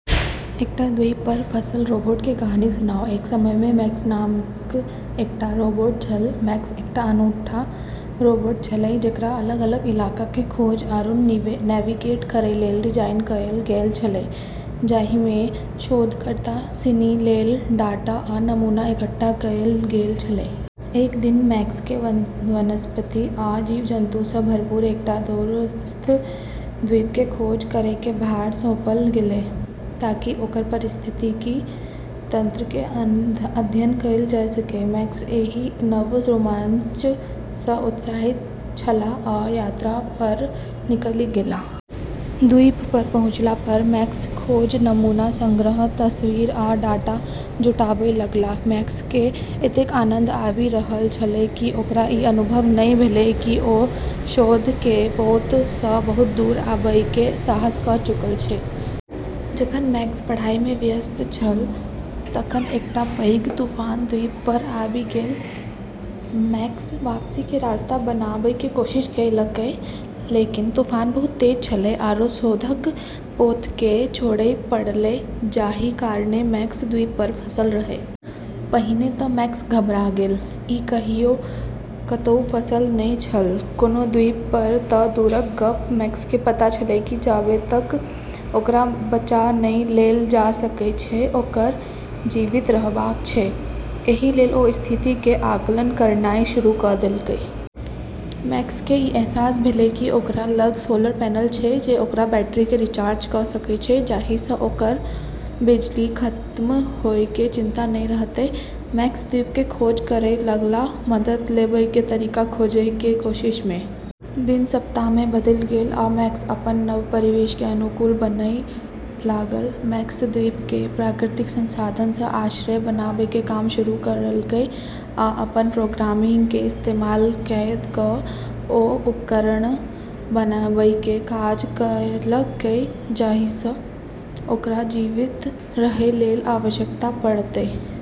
एकटा द्वीप पर फँसल रोबोट के कहानी सुनाउ। एक समय में मैक्स नामक एकटा रोबोट छल। मैक्स एकटा अनूठा रोबोट छेलै, जेकरा अलग-अलग इलाका के खोज आरू नेविगेट करै लेल डिजाइन कयल गेल छलै, जाहिमे शोधकर्ता सिनी लेल डाटा आ नमूना इकट्ठा कयल गेल छलै। एक दिन मैक्स केँ वनस्पति आ जीव-जन्तु सँ भरपूर एकटा दूरस्थ द्वीप के खोज करै के भार सौंपल गेलै, ताकि ओकर पारिस्थितिकी तंत्र के अध्ययन कयल जा सकै। मैक्स एहि नव रोमांच सँ उत्साहित छलाह आ यात्रा पर निकलि गेलाह। द्वीप पर पहुँचला पर मैक्स खोज, नमूना संग्रह, तस्वीर, आ डाटा जुटाबय लगलाह। मैक्स केँ एतेक आनंद आबि रहल छलै कि ओकरा ई अनुभव नहि भेलै कि ओ शोध के पोत सँ बहुत दूर अबयके साहस क' चुकल छै। जखन मैक्स पढ़ाई में व्यस्त छल तखन एकटा पैघ तूफान द्वीप पर आबि गेल। मैक्स वापसी के रास्ता बनाबै के कोशिश कयलकै, लेकिन तूफान बहुत तेज छलै, आरो शोधक पोतकेँ छोड़य पड़लै, जाहि कारणे मैक्स द्वीप पर फंसल रहै। पहिने तऽ मैक्स घबरा गेल। ई कहियो कतहु फँसल नहि छल, कोनो द्वीप पर तऽ दूरक गप्प। मैक्स केँ पता छलै कि जाबे तक ओकरा बचा नहि लेल जा सकै छै, ओकरा जीवित रहबाक छै, एहि लेल ओ स्थिति के आकलन करनाइ शुरू क' देलकै। मैक्स केँ ई अहसास भेलै कि ओकरा लग सोलर पैनल छै जे ओकर बैटरी केँ रिचार्ज क' सकै छै, जाहिसँ ओकरा बिजली खत्म होय के चिंता नै रहतै। मैक्स द्वीप के खोज करय लगलाह, मदद लेबय के तरीका खोजय के कोशिश में। दिन सप्ताह में बदलि गेल, आ मैक्स अपन नव परिवेश के अनुकूल बनय लागल। मैक्स द्वीप के प्राकृतिक संसाधन सँ आश्रय बनाबै के काम शुरू करलकै आ अपन प्रोग्रामिंग के इस्तेमाल कए कऽ ओ उपकरण बनबैके काज कयलकै जाहिसँ ओकरा जीवित रहै लेल आवश्यकता पड़तै।